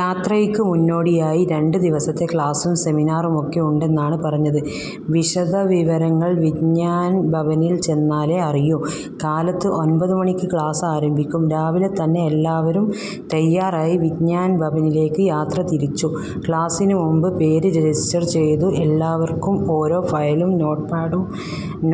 യാത്രയ്ക്ക് മുന്നോടിയായി രണ്ടു ദിവസത്തെ ക്ലാസും സെമിനാറുമൊക്കെ ഉണ്ടെന്നാണ് പറഞ്ഞത്. വിശദവിവരങ്ങൾ വിജ്ഞാൻ ഭവനിൽ ചെന്നാലേ അറിയൂ. കാലത്ത് ഒൻപതു മണിക്ക് ക്ലാസ് ആരംഭിക്കും. രാവിലെ തന്നെ എല്ലാവരും തയ്യാറായി വിജ്ഞാൻ ഭവനിലേക്ക് യാത്രതിരിച്ചു. ക്ലാസിന് മുൻപ് പേര് രജിസ്റ്റർ ചെയ്തു. എല്ലാവർക്കും ഓരോ ഫയലും നോട്ട്പാഡും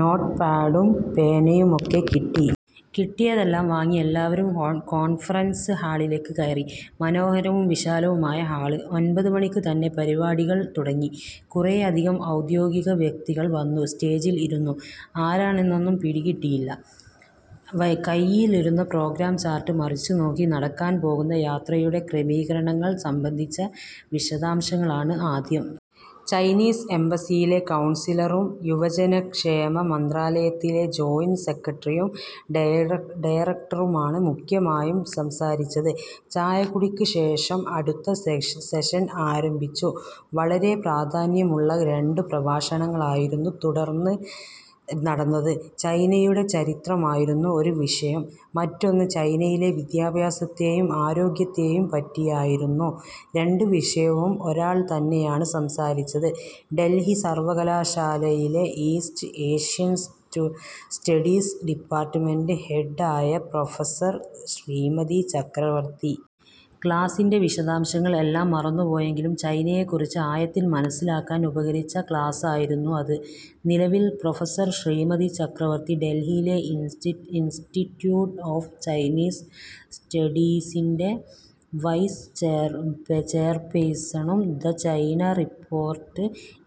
നോട്ട് പാഡും പേനയുമൊക്കെ കിട്ടി. കിട്ടിയതെല്ലാം വാങ്ങി എല്ലാവരും കോൺ കോൺഫറൻസ് ഹാളിലേക്ക് കയറി. മനോഹരവും വിശാലവുമായ ഹാൾ. ഒൻപതുമണിക്ക് തന്നെ പരിപാടികൾ തുടങ്ങി. കുറെയധികം ഔദ്യോഗിക വ്യക്തികൾ വന്നു സ്റ്റേജിൽ ഇരുന്നു. ആരാണെന്നൊന്നും പിടികിട്ടിയില്ല. കൈയിലിരുന്ന പ്രോഗ്രാം ചാർട്ട് മറിച്ച് നോക്കി. നടക്കാൻ പോകുന്ന യാത്രയുടെ ക്രമീകരണങ്ങൾ സംബന്ധിച്ച വിശദാംശങ്ങളാണ് ആദ്യം. ചൈനീസ് എംബസിയിലെ കൗൺസിലറും യുവജനക്ഷേമ മന്ത്രാലയത്തിലെ ജോയിൻ്റ് സെക്രട്ടറിയും ഡയരെ ഡയറക്ടറുമാണ് മുഖ്യമായും സംസാരിച്ചത്. ചായകുടിക്ക് ശേഷം അടുത്ത ശേഷെ സെഷൻ ആരംഭിച്ചു. വളരെ പ്രാധാന്യമുള്ള രണ്ടു പ്രഭാഷണങ്ങളായിരുന്നു തുടർന്ന് നടന്നത്. ചൈനയുടെ ചരിത്രമായിരുന്നു ഒരു വിഷയം. മറ്റൊന്ന് ചൈനയിലെ വിദ്യാഭ്യാസത്തെയും ആരോഗ്യത്തെയും പറ്റിയായിരുന്നു. രണ്ടു വിഷയവും ഒരാൾ തന്നെയാണ് സംസാരിച്ചത്; ഡൽഹി സർവ്വകലാശാലയിലെ east Asian state studies department head ആയ പ്രൊഫസർ ശ്രീമതി ചക്രവർത്തി. ക്ലാസിൻ്റെ വിശദാംശങ്ങൾ എല്ലാം മറന്നുപോയെങ്കിലും ചൈനയെക്കുറിച്ച് ആഴത്തിൽ മനസ്സിലാക്കാൻ ഉപകരിച്ച ക്ലാസ്സ് ആയിരുന്നു അത്. നിലവിൽ പ്രൊഫസർ ശ്രീമതി ചക്രവർത്തി ഡൽഹിയിലെ ഇൻസ്റ്ഇൻസ്റ്റിറ്റ്യൂട്ട് ഓഫ് ചൈനീസ് സ്റ്റഡീസിൻ്റെ വൈസ് ചെയർചെയർപേഴ്സണും 'ദ ചൈന റിപ്പോർട്ട്'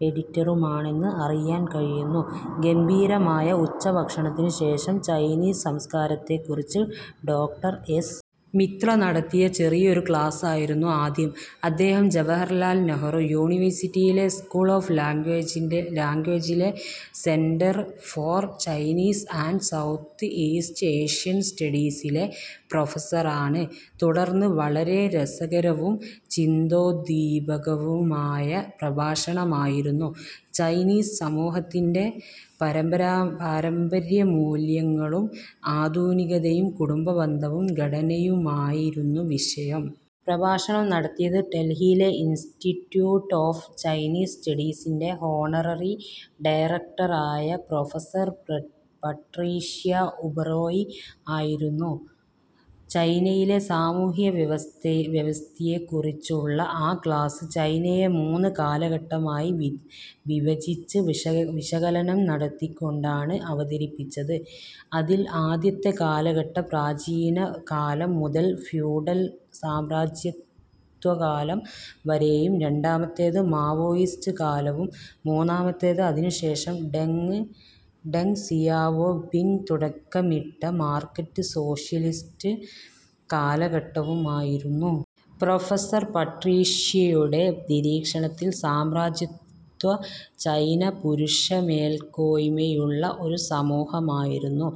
എഡിറ്ററുമാണെന്ന് അറിയാൻ കഴിയുന്നു. ഗംഭീരമായ ഉച്ചഭക്ഷണത്തിന് ശേഷം ചൈനീസ് സംസ്കാരത്തെക്കുറിച്ച് ഡോക്ടർ എസ്. മിത്ര നടത്തിയ ചെറിയൊരു ക്ലാസ് ആയിരുന്നു ആദ്യം. അദ്ദേഹം ജവഹർലാൽ നെഹ്റു യൂണിവേഴ്സിറ്റിയിലെ സ്കൂൾ ഓഫ് ലേഞ്ച്വേജ് ലാംഗ്വേജിലെ centre for Chinese and south east Asian സ്റ്റഡീസിലെ പ്രൊഫസറാണ്. തുടർന്ന് വളരെ രസകരവും ചിന്തോദ്ദീപകവുമായ പ്രഭാഷണമായിരുന്നു. ചൈനീസ് സമൂഹത്തിൻ്റെ പരമ്പര പാരമ്പര്യമൂല്യങ്ങളും ആധുനികതയും, കുടുംബബന്ധവും ഘടനയുമായിരുന്നു വിഷയം. പ്രഭാഷണം നടത്തിയത് ഡൽഹിയിലെ ഇൻസ്റ്റിറ്റ്യൂട്ട് ഓഫ് ചൈനീസ് സ്റ്റഡീസിൻ്റെ ഹോണററി ഡയറക്ടറായ പ്രൊഫസർ പട്രീഷ്യ ഉബറോയ് ആയിരുന്നു. ചൈനയിലെ സാമൂഹ്യവ്യവസ്ഥിതിയെക്കുറിച്ചുള്ള ആ ക്ലാസ്, ചൈനയെ മൂന്ന് കാലഘട്ടമായി വിഭജിച്ച് വിശകലനം നടത്തിക്കൊണ്ടാണ് അവതരിപ്പിച്ചത്. അതിൽ ആദ്യത്തെ കാലഘട്ടം പ്രാചീന കാലം മുതൽ ഫ്യൂഡൽ, സാമ്രാജ്യത്വകാലം വരെയും; രണ്ടാമത്തേത് മാവോയിസ്റ്റ് കാലവും; മൂന്നാമത്തേത് അതിനുശേഷം ഡെങ് സിയാവോ പിങ് തുടക്കമിട്ട മാർക്കറ്റ് സോഷ്യലിസ്റ്റ് കാലഘട്ടവുമായിരുന്നു. പ്രൊഫസർ പട്രീഷ്യയുടെ നിരീക്ഷണത്തിൽ സാമ്രാജ്യത്വ ചൈന പുരുഷമേൽക്കോയ്മയുള്ള ഒരു സമൂഹമായിരുന്നു.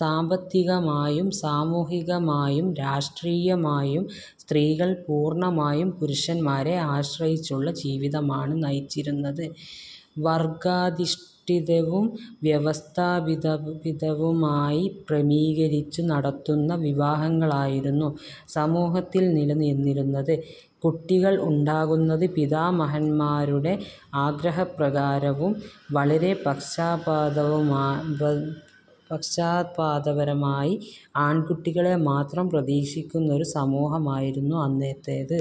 സാമ്പത്തികമായും സാമൂഹികമായും രാഷ്ട്രീയമായും സ്ത്രീകൾ പൂർണ്ണമായും പുരുഷന്മാരെ ആശ്രയിച്ചുള്ള ജീവിതമാണ് നയിച്ചിരുന്നത്. വർഗ്ഗാധിഷ്ഠിതവും വ്യവസ്ഥാപിതവുമായി ക്രമീകരിച്ചു നടത്തുന്ന വിവാഹങ്ങളായിരുന്നു സമൂഹത്തിൽ നിലനിന്നിരുന്നത്. കുട്ടികൾ ഉണ്ടാകുന്നത് പിതാമഹന്മാരുടെ ആഗ്രഹപ്രകാരവും. വളരെ പക്ഷാപാതപരമായി ആൺകുട്ടികളെ മാത്രം പ്രതീക്ഷിക്കുന്നൊരു സമൂഹമായിരുന്നു അന്നത്തേത്.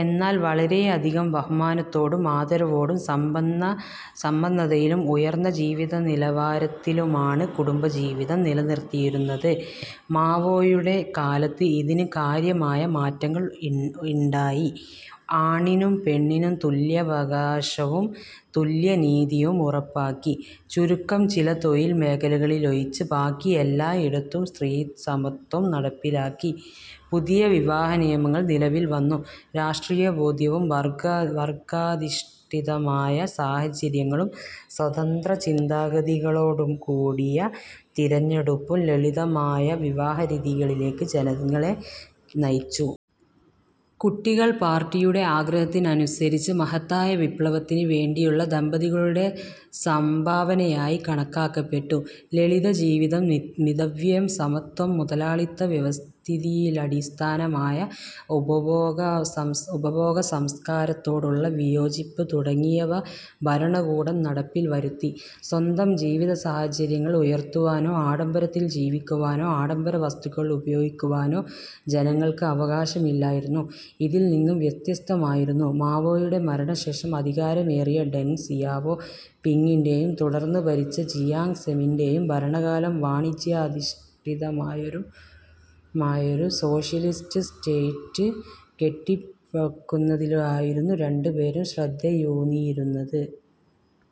എന്നാൽ വളരെയധികം ബഹുമാനത്തോടും ആദരവോടും സമ്പന്നതയിലും ഉയർന്ന ജീവിതനിലവാരത്തിലുമാണ് കുടുംബജീവിതം നിലനിർത്തിയിരുന്നത്. മാവോയുടെ കാലത്ത് ഇതിന് കാര്യമായ മാറ്റങ്ങൾ ഉണ്ടായി. ആണ്ണിനും പെണ്ണിനും തുല്യാവകാശവും തുല്യനീതിയും ഉറപ്പാക്കി. ചുരുക്കം ചില തൊഴിൽ മേഖലകളിലൊഴിച്ച് ബാക്കിയെല്ലായിടത്തും സ്ത്രീസമത്വം നടപ്പിലാക്കി. പുതിയ വിവാഹനിയമങ്ങൾ നിലവിൽ വന്നു. രാഷ്ട്രീയബോധ്യവും വർഗ്ഗാധിഷ്ഠിതമായ സാഹചര്യങ്ങളും സ്വതന്ത്രചിന്താഗതികളോടുകൂടിയ തിരഞ്ഞെടുപ്പും ലളിതമായ വിവാഹരീതികളിലേക്ക് ജനങ്ങളെ നയിച്ചു. കുട്ടികൾ പാർട്ടിയുടെ ആഗ്രഹത്തിനനുസരിച്ച് മഹത്തായ വിപ്ലവത്തിന് വേണ്ടിയുള്ള ദമ്പതികളുടെ സംഭാവനയായി കണക്കാക്കപ്പെട്ടു. ലളിതജീവിതം, മിതവ്യയം, സമത്വം, മുതലാളിത്ത വ്യവസ്ഥിതിയിലടിസ്ഥാനമായ ഉപഭോഗസംസ്കാരത്തോടുള്ള വിയോജിപ്പ് തുടങ്ങിയവ ഭരണകൂടം നടപ്പിൽ വരുത്തി. സ്വന്തം ജീവിതസാഹചര്യങ്ങൾ ഉയർത്തുവാനോ ആഡംബരത്തിൽ ജീവിക്കുവാനോ ആഡംബര വസ്തുക്കൾ ഉപയോഗിക്കുവാനോ ജനങ്ങൾക്ക് അവകാശമില്ലായിരുന്നു. ഇതിൽ നിന്നും വ്യത്യസ്തമായിരുന്നു മാവോയുടെ മരണശേഷം അധികാരമേറിയ ഡെങ് സിയാവോ പിങ്ങിൻ്റെയും തുടർന്ന് ഭരിച്ച ജിയാങ് സെമിൻ്റെയും ഭരണകാലം. വാണിജ്യാധിഷ്ഠിതമായൊരു സോഷ്യലിസ്റ്റ് സ്റ്റേറ്റ് കെട്ടിപ്പൊക്കുന്നതിലായിരുന്നു രണ്ടുപേരും ശ്രദ്ധയൂന്നിയിരുന്നത്.